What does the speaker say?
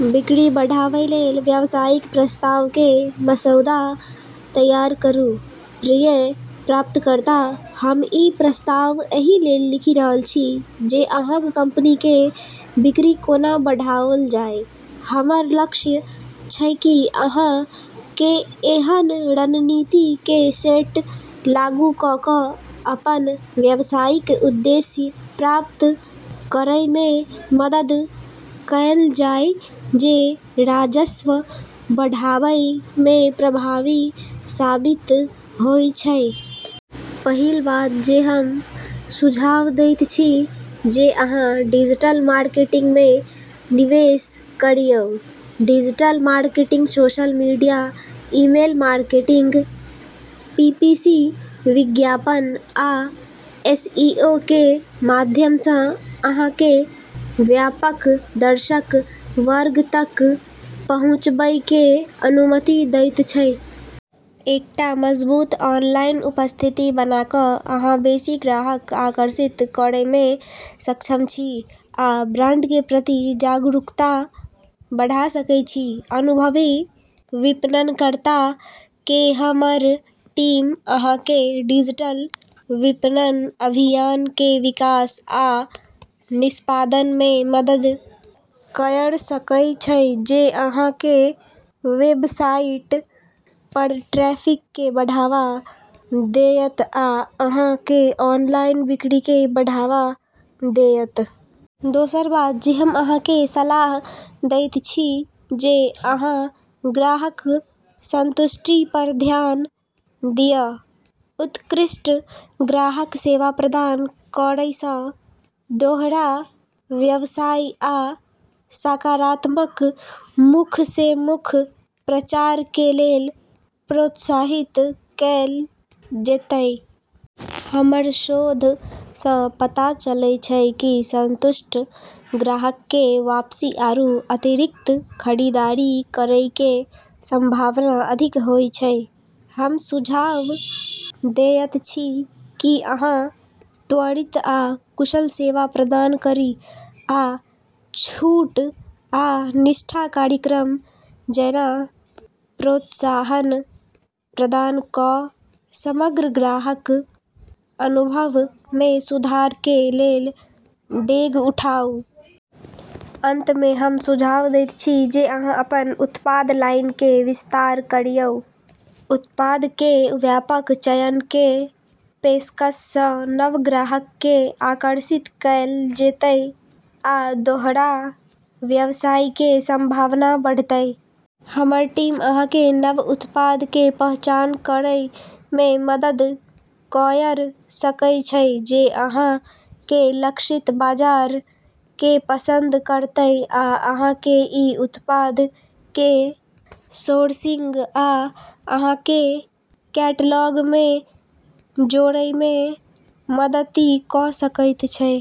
बिक्री बढ़ाबय लेल व्यावसायिक प्रस्ताव के मसौदा तैयार करू:- प्रिय [प्राप्तकर्ता], हम ई प्रस्ताव एहि लेल लिखि रहल छी जे अहाँक कंपनी के बिक्री कोना बढ़ाओल जाय। हमर लक्ष्य छै कि अहाँ केँ एहन रणनीति के सेट लागू कऽ कऽ अपन व्यावसायिक उद्देश्य प्राप्त करय में मदद कएल जाय जे राजस्व बढ़ाबय में प्रभावी साबित होय छै। पहिल बात जे हम सुझाव दैत छी जे अहाँ डिजिटल मार्केटिंग में निवेश करिऔ। Digital marketing social media, email marketing, PPC विज्ञापन, आ एसईओ के माध्यम सँ अहाँ केँ व्यापक दर्शक वर्ग तक पहुँचबय के अनुमति दैत छै। एकटा मजबूत ऑनलाइन उपस्थिति बना कऽ अहाँ बेसि ग्राहक आकर्षित करय में सक्षम छी आ ब्रांड के प्रति जागरूकता बढ़ा सकय छी। अनुभवी विपणनकर्ता के हमर टीम अहाँ केँ डिजिटल विपणन अभियान के विकास आ निष्पादन में मदद कयर सकय छै जे अहाँ के वेबसाइट पर ट्रैफिक के बढ़ावा देयत आ अहाँ के ऑनलाइन बिक्री के बढ़ावा देयत। दोसर बात जे हम अहाँ के सलाह दैत छी जे अहाँ ग्राहक संतुष्टि पर ध्यान दिअ। उत्कृष्ट ग्राहक सेवा प्रदान करय सँ दोहरा व्यवसाय आ सकारात्मक मुख-से-मुख प्रचार के लेल प्रोत्साहित कएल जेतय। हमर शोध सँ पता चलै छै कि संतुष्ट ग्राहक के वापसी आरू अतिरिक्त खरीदारी करै के संभावना अधिक होय छै। हम सुझाव देयत छी की अहाँ त्वरित आ कुशल सेवा प्रदान करी, आ छूट आ निष्ठा कार्यक्रम जैना प्रोत्साहन प्रदान कऽ समग्र ग्राहक अनुभव में सुधार के लेल डेग उठाउ। अंत में हम सुझाव दैत छी जे अहाँ अपन उत्पाद लाइन के विस्तार करिऔ। उत्पाद के व्यापक चयन के पेशकश सँ नव ग्राहक केँ आकर्षित कएल जेतय आ दोहरा व्यवसाय के संभावना बढ़तय। हमर टीम अहाँ केँ नव उत्पाद के पहचान करय में मदद कयर सकय छै जे अहाँ के लक्षित बाजार के पसंद करतय आ अहाँ केँ ई उत्पाद के सोर्सिंग आ अहाँ के कैटलॉग मे जोड़य मे मदति क' सकैत छै।